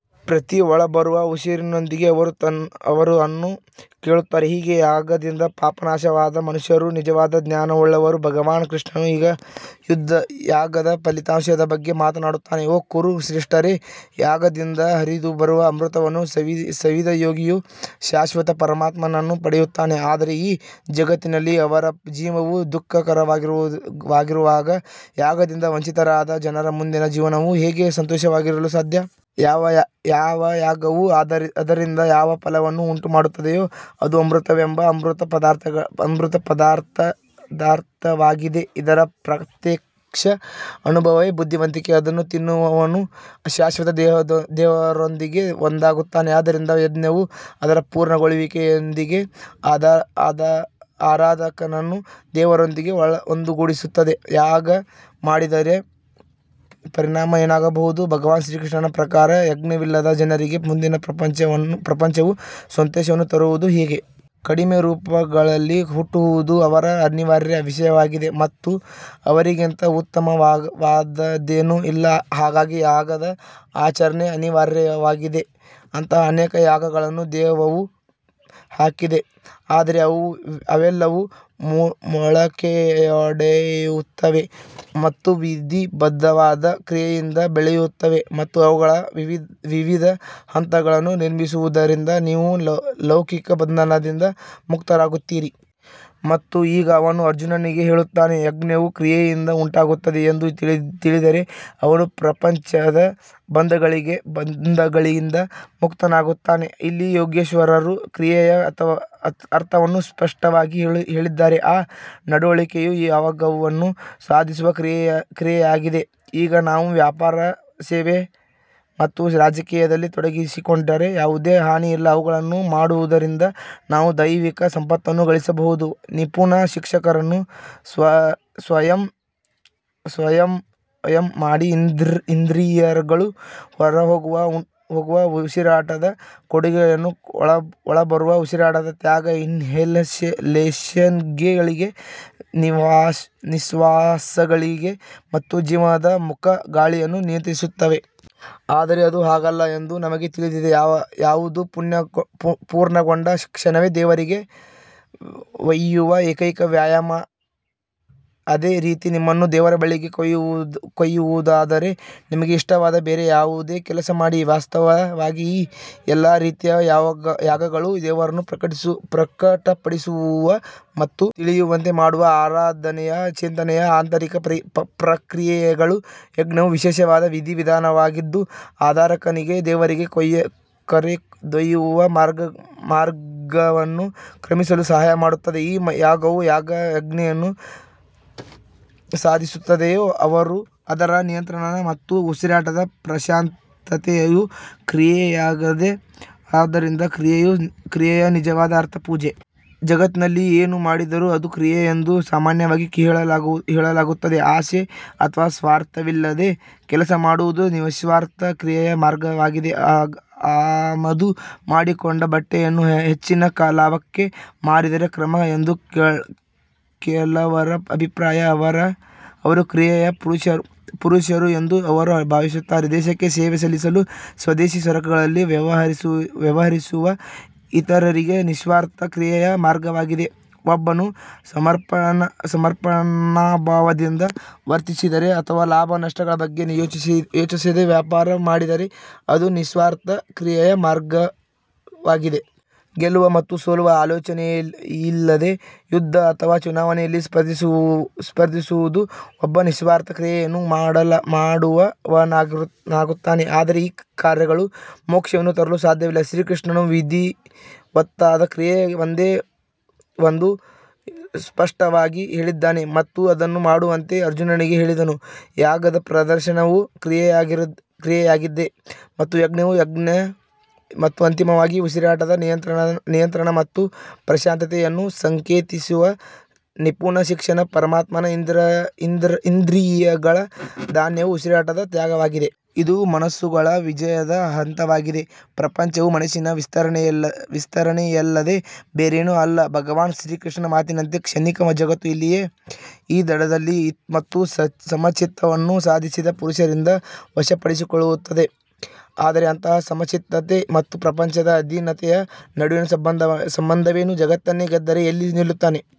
ಪ್ರತಿ ಒಳಬರುವ ಉಸಿರಿನೊಂದಿಗೆ ಅವರು ಅನ್ನು ಕೇಳುತ್ತಾರೆ ಹೀಗೆ ಯಾಗದಿಂದ ಪಾಪ ನಾಶವಾದ ಮನುಷ್ಯರು ನಿಜವಾದ ಜ್ಞಾನವುಳ್ಳವರು ಭಗವಾನ್ ಕೃಷ್ಣನು ಈಗ ಯಾಗದ ಫಲಿತಾಂಶದ ಬಗ್ಗೆ ಮಾತನಾಡುತ್ತಾನೆ ಓ ಕುರು ಶ್ರೇಷ್ಠರೇ, ಯಾಗದಿಂದ ಹರಿದು ಬರುವ ಅಮೃತವನ್ನು ಸವಿದ ಯೋಗಿಯು ಶಾಶ್ವತ ಪರಮಾತ್ಮನನ್ನು ಪಡೆಯುತ್ತಾನೆ ಆದರೆ ಈ ಜಗತ್ತಿನಲ್ಲಿ ಅವರ ಜೀವನವೂ ದುಃಖಕರವಾಗಿರುವಾಗ ಯಾಗದಿಂದ ವಂಚಿತರಾದ ಜನರ ಮುಂದಿನ ಜೀವನವು ಹೇಗೆ ಸಂತೋಷವಾಗಿರಲು ಸಾಧ್ಯ? ಯಾವ ಯಾಗವು ಅದರಿಂದ ಯಾವ ಫಲವನ್ನು ಉಂಟುಮಾಡುತ್ತದೆಯೋ ಅದು ಅಮೃತವೆಂಬ ಅಮೃತ ಪದಾರ್ಥವಾಗಿದೆ ಇದರ ಪ್ರತ್ಯಕ್ಷ ಅನುಭವವೇ ಬುದ್ಧಿವಂತಿಕೆ ಅದನ್ನು ತಿನ್ನುವವನು ಶಾಶ್ವತ ದೇವರೊಂದಿಗೆ ಒಂದಾಗುತ್ತಾನೆ ಆದ್ದರಿಂದ ಯಜ್ಞವು ಅದರ ಪೂರ್ಣಗೊಳ್ಳುವಿಕೆಯೊಂದಿಗೆ ಆರಾಧಕನನ್ನು ದೇವರೊಂದಿಗೆ ಒಂದುಗೂಡಿಸುತ್ತದೆ ಯಾಗ ಮಾಡದಿದ್ದರೆ ಪರಿಣಾಮ ಏನಾಗಬಹುದು ಭಗವಾನ್ ಶ್ರೀಕೃಷ್ಣನ ಪ್ರಕಾರ, ಯಜ್ಞವಿಲ್ಲದ ಜನರಿಗೆ ಮುಂದಿನ ಪ್ರಪಂಚವು ಸಂತೋಷವನ್ನು ತರುವುದು ಹೇಗೆ? ಕಡಿಮೆ ರೂಪಗಳಲ್ಲಿ ಹುಟ್ಟುವುದು ಅವರ ಅನಿವಾರ್ಯ ವಿಷಯವಾಗಿದೆ ಮತ್ತು ಅವರಿಗಿಂತ ಉತ್ತಮವಾದದ್ದೇನೂ ಇಲ್ಲ ಹಾಗಾಗಿ ಯಾಗದ ಆಚರಣೆ ಅನಿವಾರ್ಯವಾಗಿದೆ ಅಂತಹ ಅನೇಕ ಯಾಗಗಳನ್ನು ವೇದವು ಹಾಕಿದೆ ಆದರೆ ಅವೆಲ್ಲವೂ ಮೊಳಕೆಯೊಡೆಯುತ್ತವೆ ಮತ್ತು ವಿಧಿಬದ್ಧವಾದ ಕ್ರಿಯೆಯಿಂದ ಬೆಳೆಯುತ್ತವೆ ಮತ್ತು ಅವುಗಳ ವಿವಿಧ ಹಂತಗಳನ್ನು ನಿರ್ವಹಿಸುವುದರಿಂದ ನೀವು ಲೌಕಿಕ ಬಂಧನದಿಂದ ಮುಕ್ತರಾಗುತ್ತೀರಿ. ಮತ್ತು ಈಗ ಅವನು ಅರ್ಜುನನಿಗೆ ಹೇಳುತ್ತಾನೆ, ಯಜ್ಞವು ಕ್ರಿಯೆಯಿಂದ ಉಂಟಾಗುತ್ತದೆ ಎಂದು ತಿಳಿದರೆ ಅವನು ಪ್ರಪಂಚದ ಬಂಧಗಳಿಂದ ಮುಕ್ತನಾಗುತ್ತಾನೆ. ಇಲ್ಲಿ ಯೋಗೇಶ್ವರರು ಕ್ರಿಯೆಯ ಅರ್ಥವನ್ನು ಸ್ಪಷ್ಟವಾಗಿ ಹೇಳಿದ್ದಾರೆ ಆ ನಡವಳಿಕೆಯು ಯಾಗವನ್ನು ಸಾಧಿಸುವ ಕ್ರಿಯೆಯಾಗಿದೆ ಈಗ ನಾವು ವ್ಯಾಪಾರ ಸೇವೆ ಮತ್ತು ರಾಜಕೀಯದಲ್ಲಿ ತೊಡಗಿಸಿಕೊಂಡರೆ ಯಾವುದೇ ಹಾನಿ ಇಲ್ಲ, ಅವುಗಳನ್ನು ಮಾಡುವುದರಿಂದ ನಾವು ದೈವಿಕ ಸಂಪತ್ತನ್ನು ಗಳಿಸಬಹುದು, ನಿಪುಣ ಶಿಕ್ಷಕರನ್ನು ಸಂಯಮ ಮಾಡಿ ಇಂದ್ರಿಯಗಳು ಹೊರಹೋಗುವ ಉಸಿರಾಟದ ಕೊಡುಗೆಯನ್ನು ಒಳಬರುವ ಉಸಿರಾಟದ ತ್ಯಾಗ ಇನ್ಹಲೇಷನ್ಗಳಿಗೆ ನಿಶ್ವಾಸಗಳಿಗೆ ಮತ್ತು ಜೀವನದ ಪ್ರಮುಖ ಗಾಳಿಗಳನ್ನು ನಿಯಂತ್ರಿಸುತ್ತವೆ. ಆದರೆ ಅದು ಹಾಗಲ್ಲ ಎಂದು ನಮಗೆ ತಿಳಿದಿದೆ ಯಾಗವು ಪೂರ್ಣಗೊಂಡ ಕ್ಷಣವೇ ದೇವರಿಗೆ ಒಯ್ಯುವ ಏಕೈಕ ವ್ಯಾಯಾಮ ಅದೇ ರೀತಿ ನಿಮ್ಮನ್ನು ದೇವರ ಬಳಿಗೆ ಕೊಂಡೊಯ್ಯುವುದಾದರೆ ನಿಮಗೆ ಇಷ್ಟವಾದ ಬೇರೆ ಯಾವುದೇ ಕೆಲಸ ಮಾಡಿ ವಾಸ್ತವವಾಗಿ ಈ ಎಲ್ಲಾ ರೀತಿಯ ಯಾಗಗಳು ದೇವರನ್ನು ಪ್ರಕಟಪಡಿಸುವ ಮತ್ತು ತಿಳಿಯುವಂತೆ ಮಾಡುವ ಆರಾಧನೆಯ ಚಿಂತನೆಯ ಆಂತರಿಕ ಪ್ರಕ್ರಿಯೆಗಳು ಯಜ್ಞವು ವಿಶೇಷವಾದ ವಿಧಿ ವಿಧಾನವಾಗಿದ್ದು, ಆರಾಧಕನಿಗೆ ದೇವರಿಗೆ ಕರೆದೊಯ್ಯುವ ಮಾರ್ಗವನ್ನು ಕ್ರಮಿಸಲು ಸಹಾಯ ಮಾಡುತ್ತದೆ ಈ ಯಾಗವು ಯಾವ ಯಜ್ಞವನ್ನು ಸಾಧಿಸುತ್ತದೆಯೋ ಅದರ ನಿಯಂತ್ರಣ ಮತ್ತು ಉಸಿರಾಟದ ಪ್ರಶಾಂತತೆಯು ಕ್ರಿಯೆಯಾಗಿದೆ ಆದ್ದರಿಂದ ಕ್ರಿಯೆಯ ನಿಜವಾದ ಅರ್ಥ ಪೂಜೆ ಜಗತ್ತಿನಲ್ಲಿ ಏನು ಮಾಡಿದರೂ ಅದು ಕ್ರಿಯೆ ಎಂದು ಸಾಮಾನ್ಯವಾಗಿ ಹೇಳಲಾಗುತ್ತದೆ ಆಸೆ ಅಥವಾ ಸ್ವಾರ್ಥವಿಲ್ಲದೆ ಕೆಲಸ ಮಾಡುವುದು ನಿಸ್ವಾರ್ಥ ಕ್ರಿಯೆಯ ಮಾರ್ಗವಾಗಿದೆ ಆಮದು ಮಾಡಿಕೊಂಡ ಬಟ್ಟೆಯನ್ನು ಹೆಚ್ಚಿನ ಲಾಭಕ್ಕೆ ಮಾರಿದರೆ ಕ್ರಮ ಎಂದು ಕೆಲವರ ಅಭಿಪ್ರಾಯ ಅವರು ಕ್ರಿಯೆಯ ಪುರುಷರು ಎಂದು ಅವರು ಭಾವಿಸುತ್ತಾರೆ ದೇಶಕ್ಕೆ ಸೇವೆ ಸಲ್ಲಿಸಲು ಸ್ವದೇಶಿ ಸರಕುಗಳಲ್ಲಿ ವ್ಯವಹರಿಸುವ ಇತರರಿಗೆ ನಿಸ್ವಾರ್ಥ ಕ್ರಿಯೆಯ ಮಾರ್ಗವಾಗಿದೆ ಒಬ್ಬನು ಸಮರ್ಪಣಾಭಾವದಿಂದ ವರ್ತಿಸಿದರೆ ಅಥವಾ ಲಾಭ-ನಷ್ಟಗಳ ಬಗ್ಗೆ ಯೋಚಿಸದೆ ವ್ಯಾಪಾರ ಮಾಡಿದರೆ ಅದು ನಿಸ್ವಾರ್ಥ ಕ್ರಿಯೆಯ ಮಾರ್ಗವಾಗಿದೆ. ಗೆಲ್ಲುವ ಮತ್ತು ಸೋಲುವ ಆಲೋಚನೆಯಿಲ್ಲದೆ ಯುದ್ಧ ಅಥವಾ ಚುನಾವಣೆಯಲ್ಲಿ ಸ್ಪರ್ಧಿಸುವುದು ಒಬ್ಬನು ನಿಸ್ವಾರ್ಥ ಕ್ರಿಯೆಯನ್ನು ಮಾಡುವವನಾಗುತ್ತಾನೆ. ಆದರೆ ಈ ಕಾರ್ಯಗಳು ಮೋಕ್ಷವನ್ನು ತರಲು ಸಾಧ್ಯವಿಲ್ಲ ಶ್ರೀಕೃಷ್ಣನು ವಿಧಿವತ್ತಾದ ಕ್ರಿಯೆ ಒಂದೇ ಎಂದು ಸ್ಪಷ್ಟವಾಗಿ ಹೇಳಿದ್ದಾನೆ ಮತ್ತು ಅದನ್ನು ಮಾಡುವಂತೆ ಅರ್ಜುನನಿಗೆ ಹೇಳಿದನು. ಯಾಗದ ಪ್ರದರ್ಶನವು ಕ್ರಿಯೆಯಾಗಿದೆ ಮತ್ತು ಯಜ್ಞವು ಯಜ್ಞ ಮತ್ತು ಅಂತಿಮವಾಗಿ ಉಸಿರಾಟದ ನಿಯಂತ್ರಣ ಮತ್ತು ಪ್ರಶಾಂತತೆಯನ್ನು ಸಂಕೇತಿಸುವ ನಿಪುಣ ಶಿಕ್ಷಕ ಪರಮಾತ್ಮನ ಇಂದ್ರಿಯಗಳ ಧ್ಯಾನದ ಉಸಿರಾಟದ ತ್ಯಾಗವಾಗಿದೆ. ಇದು ಮನಸ್ಸುಗಳ ವಿಜಯದ ಹಂತವಾಗಿದೆ ಪ್ರಪಂಚವು ಮನಸ್ಸಿನ ವಿಸ್ತರಣೆಯಲ್ಲದೆ ಬೇರೇನೂ ಅಲ್ಲ ಭಗವಾನ್ ಕೃಷ್ಣನ ಮಾತಿನಲ್ಲಿ, ಕ್ಷಣಿಕ ಜಗತ್ತು ಇಲ್ಲಿಯೇ ಈ ದಡದಲ್ಲಿ ಮತ್ತು ಸಮಚಿತ್ತವನ್ನು ಸಾಧಿಸಿದ ಪುರುಷರಿಂದ ವಶಪಡಿಸಿಕೊಳ್ಳುತ್ತದೆ. ಆದರೆ ಅಂತಹ ಸಮಚಿತ್ತತೆ ಮತ್ತು ಪ್ರಪಂಚದ ಅಧೀನತೆಯ ನಡುವಿನ ಸಂಬಂಧವೇನು ಜಗತ್ತನ್ನೇ ಗೆದ್ದರೆ ಎಲ್ಲಿ ನಿಲ್ಲುತ್ತಾನೆ.